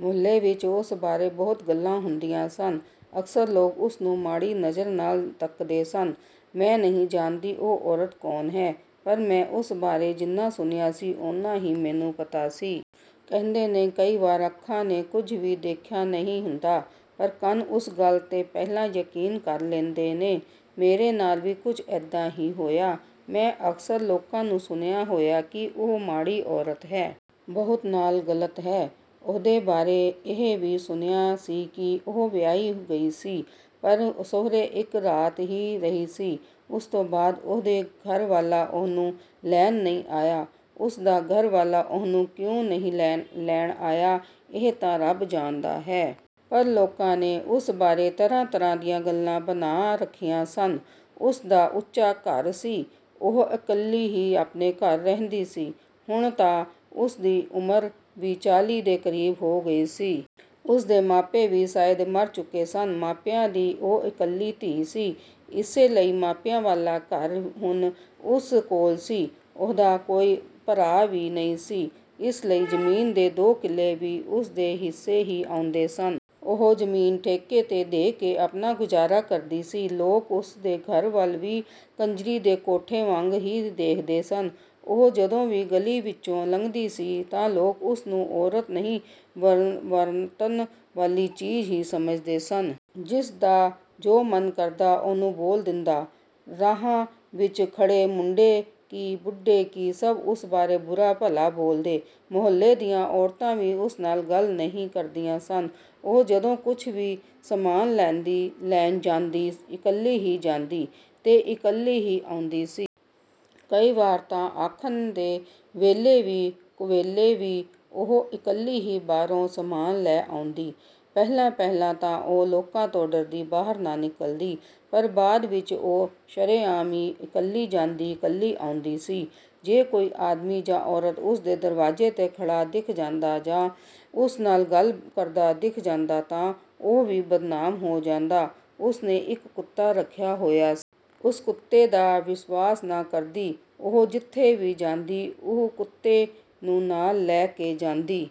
ਮੁਹੱਲੇ ਵਿੱਚ ਉਸ ਬਾਰੇ ਬਹੁਤ ਗੱਲਾਂ ਹੁੰਦੀਆਂ ਸਨ। ਅਕਸਰ ਲੋਕ ਉਸ ਨੂੰ ਮਾੜੀ ਨਜ਼ਰ ਨਾਲ਼ ਤੱਕਦੇ ਸਨ। ਮੈਂ ਨਹੀਂ ਜਾਣਦੀ ਉਹ ਔਰਤ ਕੌਣ ਹੈ ਪਰ ਮੈਂ ਉਸ ਬਾਰੇ ਜਿੰਨਾ ਸੁਣਿਆ ਸੀ ਓਨਾ ਹੀ ਮੈਨੂੰ ਪਤਾ ਸੀ। ਕਹਿੰਦੇ ਨੇ ਕਈ ਵਾਰ ਅੱਖਾਂ ਨੇ ਕੁਝ ਵੀ ਦੇਖਿਆ ਨਹੀਂ ਹੁੰਦਾ ਪਰ ਕੰਨ ਉਸ ਗੱਲ 'ਤੇ ਪਹਿਲਾਂ ਯਕੀਨ ਕਰ ਲੈਂਦੇ ਨੇ। ਮੇਰੇ ਨਾਲ਼ ਵੀ ਕੁਝ ਇਦਾਂ ਹੀ ਹੋਇਆ। ਮੈਂ ਅਕਸਰ ਲੋਕਾਂ ਤੋਂ ਸੁਣਿਆ ਹੋਇਆ ਕਿ ਉਹ ਮਾੜੀ ਔਰਤ ਹੈ। ਬਹੁਤ ਨਾਲ਼ ਗ਼ਲਤ ਹੈ… ਉਹਦੇ ਬਾਰੇ ਇਹ ਵੀ ਸੁਣਿਆ ਸੀ ਕਿ ਉਹ ਵਿਆਹੀ ਗਈ ਸੀ ਪਰ ਸਹੁਰੇ ਇੱਕ ਰਾਤ ਹੀ ਰਹੀ ਸੀ। ਉਸ ਤੋਂ ਬਾਅਦ ਉਹਦੇ ਘਰ ਵਾਲਾ ਉਹਨੂੰ ਲੈਣ ਨਹੀਂ ਆਇਆ… ਉਸ ਦਾ ਘਰ ਵਾਲਾ ਉਹਨੂੰ ਕਿਉਂ ਨਹੀਂ ਲੈਣ ਆਇਆ ਇਹ ਤਾਂ ਰੱਬ ਜਾਣਦਾ ਹੈ। ਪਰ ਲੋਕਾਂ ਨੇ ਉਸ ਬਾਰੇ ਤਰ੍ਹਾਂ-ਤਰ੍ਹਾਂ ਦੀਆਂ ਗੱਲਾਂ ਬਣਾ ਰੱਖੀਆਂ ਸਨ। ਉਸ ਦਾ ਉੱਚਾ ਘਰ ਸੀ। ਉਹ ਇਕੱਲੀ ਹੀ ਆਪਣੇ ਘਰ ਰਹਿੰਦੀ ਸੀ। ਹੁਣ ਤਾਂ ਉਸ ਦੀ ਉਮਰ ਵੀ ਚਾਲੀ ਦੇ ਕਰੀਬ ਹੋ ਗਈ ਸੀ। ਉਸ ਦੇ ਮਾਪੇ ਵੀ ਸ਼ਾਇਦ ਮਰ ਚੁੱਕੇ ਸਨ। ਮਾਪਿਆਂ ਦੀ ਉਹ ਇੱਕਲੌਤੀ ਧੀ ਸੀ। ਇਸੇ ਲਈ ਮਾਪਿਆਂ ਵਾਲਾ ਘਰ ਹੁਣ ਉਸ ਕੋਲ ਸੀ। ਉਹਦਾ ਕੋਈ ਭਰਾ ਵੀ ਨਹੀਂ ਸੀ। ਇਸੇ ਲਈ ਜ਼ਮੀਨ ਦੇ ਦੋ ਕਿੱਲੇ ਵੀ ਉਸ ਦੇ ਹਿੱਸੇ ਹੀ ਆਉਂਦੇ ਸਨ। ਉਹ ਜ਼ਮੀਨ ਠੇਕੇ 'ਤੇ ਦੇ ਕੇ ਆਪਣਾ ਗੁਜ਼ਾਰਾ ਕਰਦੀ ਸੀ। ਲੋਕ ਉਸ ਦੇ ਘਰ ਵੱਲ ਵੀ ਕੰਜਰੀ ਦੇ ਕੋਠੇ ਵਾਂਗ ਹੀ ਦੇਖਦੇ ਸਨ। ਉਹ ਜਦੋਂ ਵੀ ਗਲ਼ੀ ਵਿੱਚੋਂ ਲੰਘਦੀ ਸੀ ਤਾਂ ਲੋਕ ਉਸ ਨੂੰ ਔਰਤ ਨਹੀਂ ਵਰਤਣ ਵਾਲੀ ਚੀਜ਼ ਹੀ ਸਮਝਦੇ ਸਨ। ਜਿਸ ਦਾ ਜੋ ਮਨ ਕਰਦਾ ਉਹਨੂੰ ਬੋਲ ਦਿੰਦਾ। ਰਾਹਾਂ ਵਿੱਚ ਖੜੇ ਮੁੰਡੇ ਕੀ ਬੁੱਢੇ ਕੀ ਸਭ ਉਸ ਬਾਰੇ ਬੁਰਾ-ਭਲਾ ਬੋਲਦੇ। ਮੁਹੱਲੇ ਦੀਆਂ ਔਰਤਾਂ ਵੀ ਉਸ ਨਾਲ਼ ਗੱਲ ਨਹੀਂ ਕਰਦੀਆਂ ਸਨ। ਉਹ ਜਦੋਂ ਕੁਝ ਵੀ ਸਮਾਨ ਲੈਣ ਜਾਂਦੀ, ਇੱਕਲੀ ਹੀ ਜਾਂਦੀ ਤੇ ਇੱਕਲੀ ਹੀ ਆਉਂਦੀ ਸੀ। ਕਈ ਵਾਰ ਤਾਂ ਆਥਣ ਦੇ ਵੇਲੇ ਵੀ ਕੁਵੇਲੇ ਵੀ ਉਹ ਇੱਕਲੀ ਹੀ ਬਾਜ਼ਾਰੋਂ ਸਮਾਨ ਲੈ ਆਉਂਦੀ। ਪਹਿਲਾਂ-ਪਹਿਲਾਂ ਤਾਂ ਉਹ ਲੋਕਾਂ ਤੋਂ ਡਰਦੀ ਬਾਹਰ ਨਾ ਨਿਕਲਦੀ। ਪਰ ਬਾਅਦ ਵਿੱਚ ਉਹ ਸ਼ਰੇਆਮ ਹੀ ਇੱਕਲੀ ਜਾਂਦੀ ਇੱਕਲੀ ਆਉਂਦੀ ਸੀ ਜੇ ਕੋਈ ਆਦਮੀ ਜਾਂ ਔਰਤ ਉਸ ਦੇ ਦਰਵਾਜ਼ੇ 'ਤੇ ਖੜਾ ਦਿਖ ਜਾਂਦਾ ਜਾਂ ਉਸ ਨਾਲ਼ ਗੱਲ ਕਰਦਾ ਦਿੱਖ ਜਾਂਦਾ ਤਾਂ ਉਹ ਵੀ ਬਦਨਾਮ ਹੋ ਜਾਂਦਾ। ਉਸ ਨੇ ਇੱਕ ਕੁੱਤਾ ਰੱਖਿਆ ਹੋਇਆ ਉਹ ਕੁੱਤੇ ਦਾ ਵਿਸ਼ਵਾਸ ਨਾ ਕਰਦੀ। ਉਹ ਜਿੱਥੇ ਵੀ ਜਾਂਦੀ ਉਹ ਕੁੱਤੇ ਨੂੰ ਨਾਲ਼ ਲੈ ਕੇ ਜਾਂਦੀ।